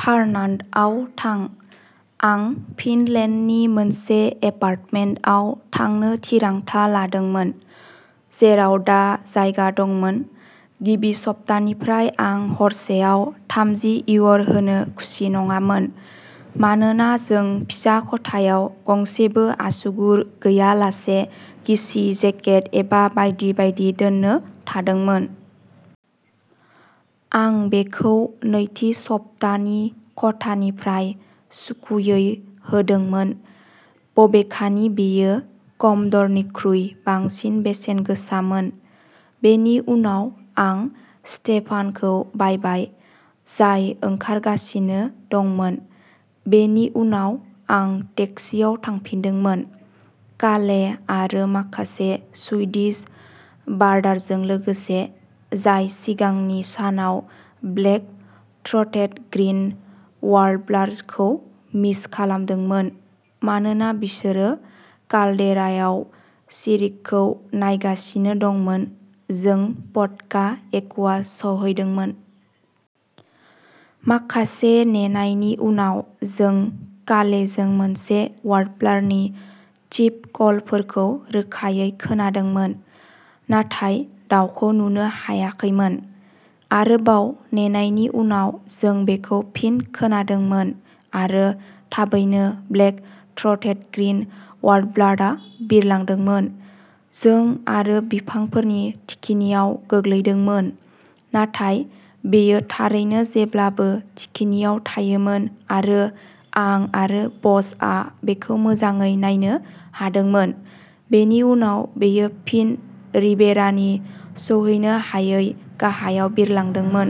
फार्नान्ड'आव थां। आं फिनलेन्डनि मोनसे एपार्टमेन्टाव थांनो थिरांथा लादोंमोन, जेराव दा जायगा दंमोन। गिबि सप्तानिफ्राय आं हरसेआव थामजि इउर' होनो खुसि नङामोन, मानोना जों फिसा खथायाव गंसेबो आसुगुर गैयालासे गिसि जेकेट एबा बायदि बायदि दोननो थादोंमोन। आं बेखौ नैथि सप्तानि खथानिफ्राय सुखुयै होदोंमोन, बबेखानि बेयो कम'डर'निख्रुइ बांसिन बेसेन गोसामोन। बेनि उनाव आं स्टेफानखौ बायबाय, जाय ओंखारगासिनो दंमोन। बेनि उनाव आं टेक्सिआव थांफिनदोंमोन। काले आरो माखासे सुइडिश बार्डारजों लोगोसे, जाय सिगांनि सानाव ब्लेक-थ्र'टेटेड ग्रीन वार्बलारखौ मिस खालामदोंमोन, मानोना बिसोरो काल्डेरायाव सिरिकखौ नायगासिनो दंमोन, जों प'क'दा एक्वा सौहैदोंमोन। माखासे नेनायनि उनाव जों कालेजों मोनसे वार्बलारनि चिप-कलफोरखौ रोखायै खोनादोंमोन, नाथाय दाउखौ नुनो हायाखैमोन। आरोबाव नेनायनि उनाव जों बेखौ फिन खोनादोंमोन आरो थाबैनो ब्लेक-थ्र'टेटेड ग्रीन वार्बलारआ बिरलांदोंमोन। जों आरो बिफांफोरनि थिखिनियाव गोग्लैदोंमोन। नाथाय बेयो थारैनो जेब्लाबो थिखिनियाव थायोमोन आरो आं आरो ब'स'आ बेखौ मोजाङै नायनो हादोंमोन, बेनि उनाव बेयो फिन रिबेरानि सौहैनो हायै गाहायाव बिरलांदोंमोन।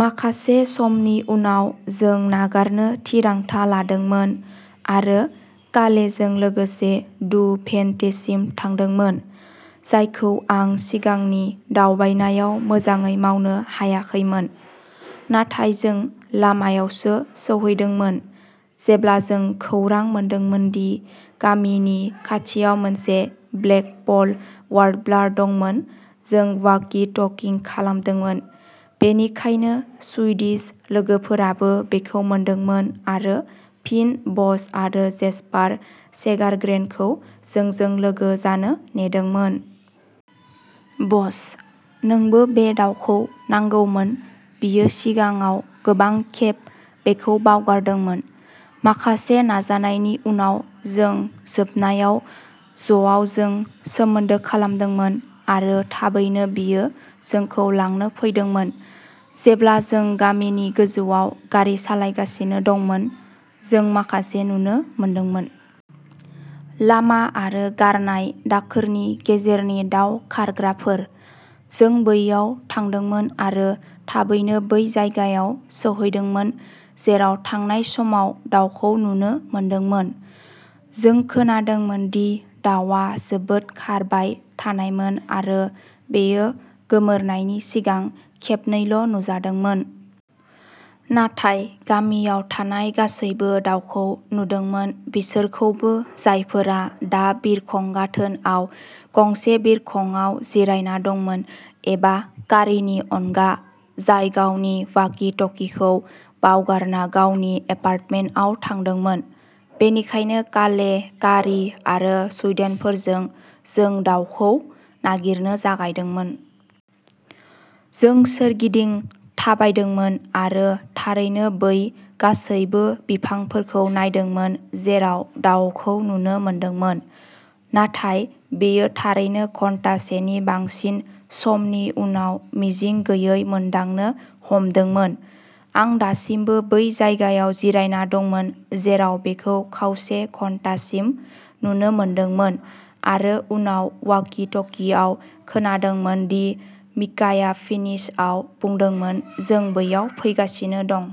माखासे समनि उनाव जों नागारनो थिरांथा लादोंमोन आरो कालेजों लोगोसे डु भिन्टेसिम थांदोंमोन, जायखौ आं सिगांनि दावबायनायाव मोजाङै मावनो हायाखैमोन। नाथाय जों लामायावसो सौहैदोंमोन, जेब्ला जों खौरां मोनदोंमोन दि गामिनि खाथियाव मोनसे ब्लेकपल वार्बलार दंमोन जों वाकी-टकिं खालामदोंमोन, बेनिखायनो सुइडिश लोगोफोराबो बेखौ मोनदोंमोन आरो फिन ब'स' आरो जेस्पार सेगारग्रेनखौ जोंजों लोगो जानो नेदोंमोन। ब'स' नोबो बे दाउखौ नांगौमोन बियो सिगाङाव गोबां खेब बेखौ बावगारदोंमोन। माखासे नाजानायनि उनाव जों जोबनायाव ज'आवजों सोमोन्दो खालामदोंमोन आरो थाबैनो बियो जोंखौ लांनो फैदोंमोन। जेब्ला जों गामिनि गोजौआव गारि सालायगासिनो दंमोन, जों माखासे नुनो मोनदोंमोन। लामा आरो गारनाय दाखोरनि गेजेरनि दाव खारग्राफोर। जों बैयाव थांदोंमोन आरो थाबैनो बै जायगायाव सौहैदोंमोन जेराव थांनाय समाव दाउखौ नुनो मोनदोंमोन। जों खोनादोंमोन दि दाउआ जोबोद खारबाय थानायमोन आरो बेयो गोमोरनायनि सिगां खेबनैल' नुजादोंमोन। नाथाय गामियाव थानाय गासैबो दाउखौ नुदोंमोन बिसोरखौबो जायफोरा दा बिरखं गाथोनआव गंसे बिरखंआव जिरायना दंमोन एबा कारीनि अनगा, जाय गावनि वाकी-टकीखौ बावगारना गावनि एपार्टमेन्टआव थांदोंमोन। बेनिखायनो काले, कारी आरो सुइडेनफोरजों जों दाउखौ नागिरनो जागायदोंमोन। जों सोरगिदिं थाबायदोंमोन आरो थारैनो बै गासैबो बिफांफोरखौ नायदोंमोन जेराव दाउखौ नुनो मोनदोंमोन, नाथाय बेयो थारैनो घन्टासेनि बांसिन समनि उनाव मिजिं गैयै मोनदांनो हमदोंमोन। आं दासिमबो बै जायगायाव जिरायना दंमोन जेराव बेखौ खावसे घन्टासिम नुनो मोनदोंमोन आरो उनाव वाकी-टकीआव खोनादोंमोन दि मिकाया फिनिशआव बुंदोंमोन जों बैयाव फैगासिनो दं।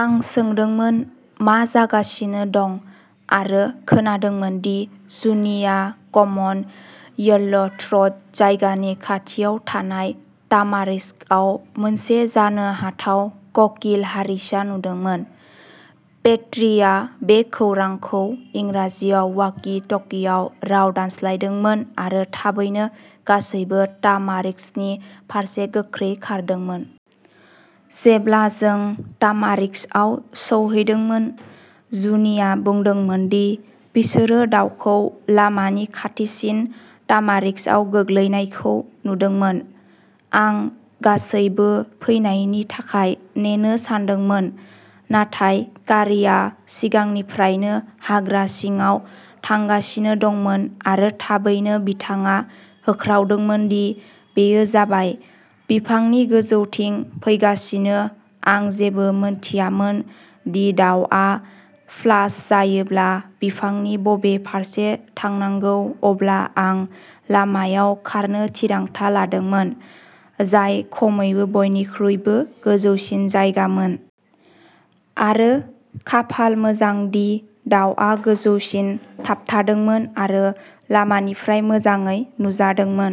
आं सोंदोंमोन मा जागासिनो दं आरो खोनादोंमोन दि जुनिआ कमन येल्ल'थ्र'ट जायगानि खाथियाव थानाय तामारिस्कआव मोनसे जानो हाथाव कोकिल-हारिसा नुदोंमोन। पेट्रीआ बे खौरांखौ इंराजियाव वाकी-टकीआव राव दानस्लायदोंमोन आरो थाबैनो गासैबो तामारिस्कनि फारसे गोख्रै खारदोंमोन। जेब्ला जों तामारिस्कआव सौहैदोंमोन, जुनिआ बुंदोंमोन दि बिसोरो दाउखौ लामानि खाथिसिन तामारिस्कआव गोग्लैनायखौ नुदोंमोन। आं गासैबो फैनायनि थाखाय नेनो सानदोंमोन, नाथाय कारीआ सिगांनिफ्रायनो हाग्रा सिङाव थांगासिनो दंमोन आरो थाबैनो बिथाङा होख्रावदोंमोनदि बेयो जाबाय, बिफांनि गोजौथिं फैगासिनो आं जेबो मिन्थियामोन दि दाउआ फ्लास जायोब्ला बिफांनि बबे फारसे थांनांगौ अब्ला आं लामायाव खारनो थिरांथा लादोंमोन, जाय खमैबो बयनिख्रुइबो गोजौसिन जायगामोन। आरो खाफाल मोजां दि दाउआ गोजौसिम थाबथादोंमोन आरो लामानिफ्राय मोजाङै नुजादोंमोन।